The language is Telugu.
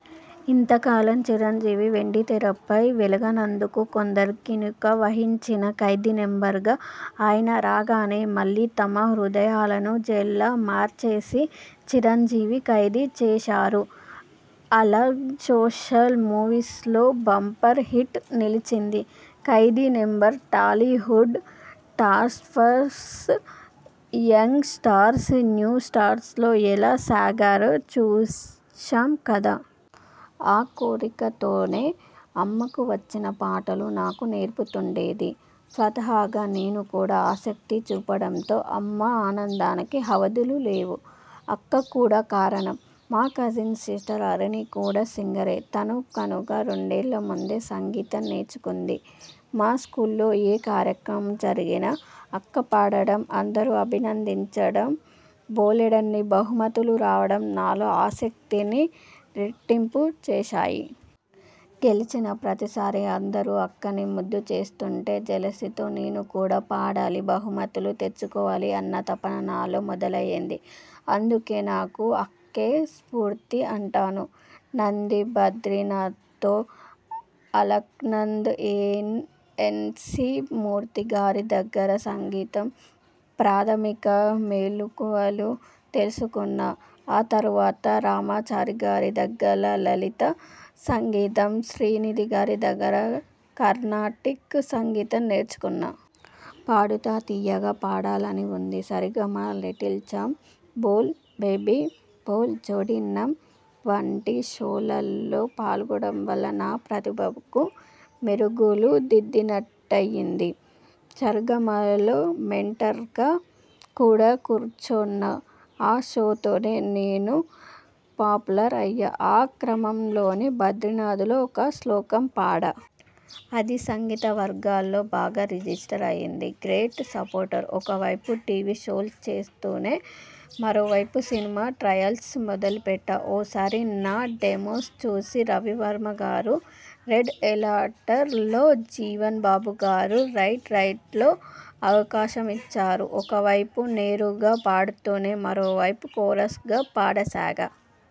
అంత కాలం చిరంజీవి వెండితెరపై వెలగనందుకు కొందరు కినుక వహించినా, 'ఖైదీ నంబర్ 'గా ఆయన రాగానే మళ్ళీ తమ హృదయాలను జైళ్ళుగా మార్చేసి, చిరంజీవిని ఖైదు చేశారు. అలా సోషల్ మూవీస్లో బంపర్ హిట్గా నిలచింది 'Khaidi number '. Tollywood top stars, young stars, new stars లో ఎలా సాగారో చూశాం కదా. ఆ కోరికతోనే, అమ్మకు వచ్చిన పాటలు నాకు నేర్పుతుండేది. స్వతహాగా నేను కూడా ఆసక్తి చూపడంతో అమ్మ ఆనందానికి అవధుల్లేవు. అక్క కూడా కారణం మా కజిన్ సిస్టర్ హరిణి కూడా సింగరే. తను నాకన్నా రెండేళ్ల ముందే సంగీతం నేర్చుకుంది. మా స్కూల్లో ఏ కార్యక్రమం జరిగినా అక్క పాడటం, అందరూ అభినందించడం, బోలెడన్ని బహుమతులు రావడం నాలో ఆసక్తిని రెట్టింపు చేశాయి. గెలిచిన ప్రతిసారీ అందరూ అక్కని ముద్దు చేస్తుంటే జెలసీతో 'నేను కూడా పాడాలి బహుమతులు తెచ్చుకోవాలి' అన్న తపన నాలో మొదలైంది. అందుకే నాకు అక్కే స్ఫూర్తి అంటాను. నాంది 'బద్రినాథ్'తో! అలక్నంద్, ఎన్. సి. మూర్తిగారి దగ్గర సంగీతంలో ప్రాథమిక మెలకువలు తెలుసుకున్నా. ఆ తర్వాత రామాచారిగారి దగ్గర లలిత సంగీతం, శ్రీనిధిగారి దగ్గర కర్ణాటిక్ సంగీతం నేర్చుకున్నా. 'Paadutha Theeyaga', 'Paadalani Undi', 'Sa Re Ga Ma Pa little champs', 'Bol baby Bol', 'Jodi నం. ' వంటి షోలలో పాల్గొనడం వల్ల నా ప్రతిభకు మెరుగులు దిద్దినట్టయింది. 'సరిగమప'లో మెంటర్గా కూడా కూర్చొన్నా. ఆ షోతోనే నేను పాపులర్ అయ్యా. ఆ క్రమంలోనే 'బద్రినాథ్'లో ఓ శ్లోకం పాడా. అది సంగీతవర్గాల్లో బాగా రిజిస్టర్ అయింది. Great support! ఓ వైపు టీవీ షోలు చేస్తూనే, మరోవైపు సినిమా ట్రయల్స్ మొదలుపెట్టా. ఓ సారి నా డెమోస్ చూసి రవివర్మగారు 'రెడ్ ఎలర్ట్'లో, జీవన్బాబుగారు 'రైట్ రైట్'లో అవకాశమిచ్చారు. ఓ వైపు నేరుగా పాడుతూనే, మరోవైపు కోరస్ కూడా పాడసాగా.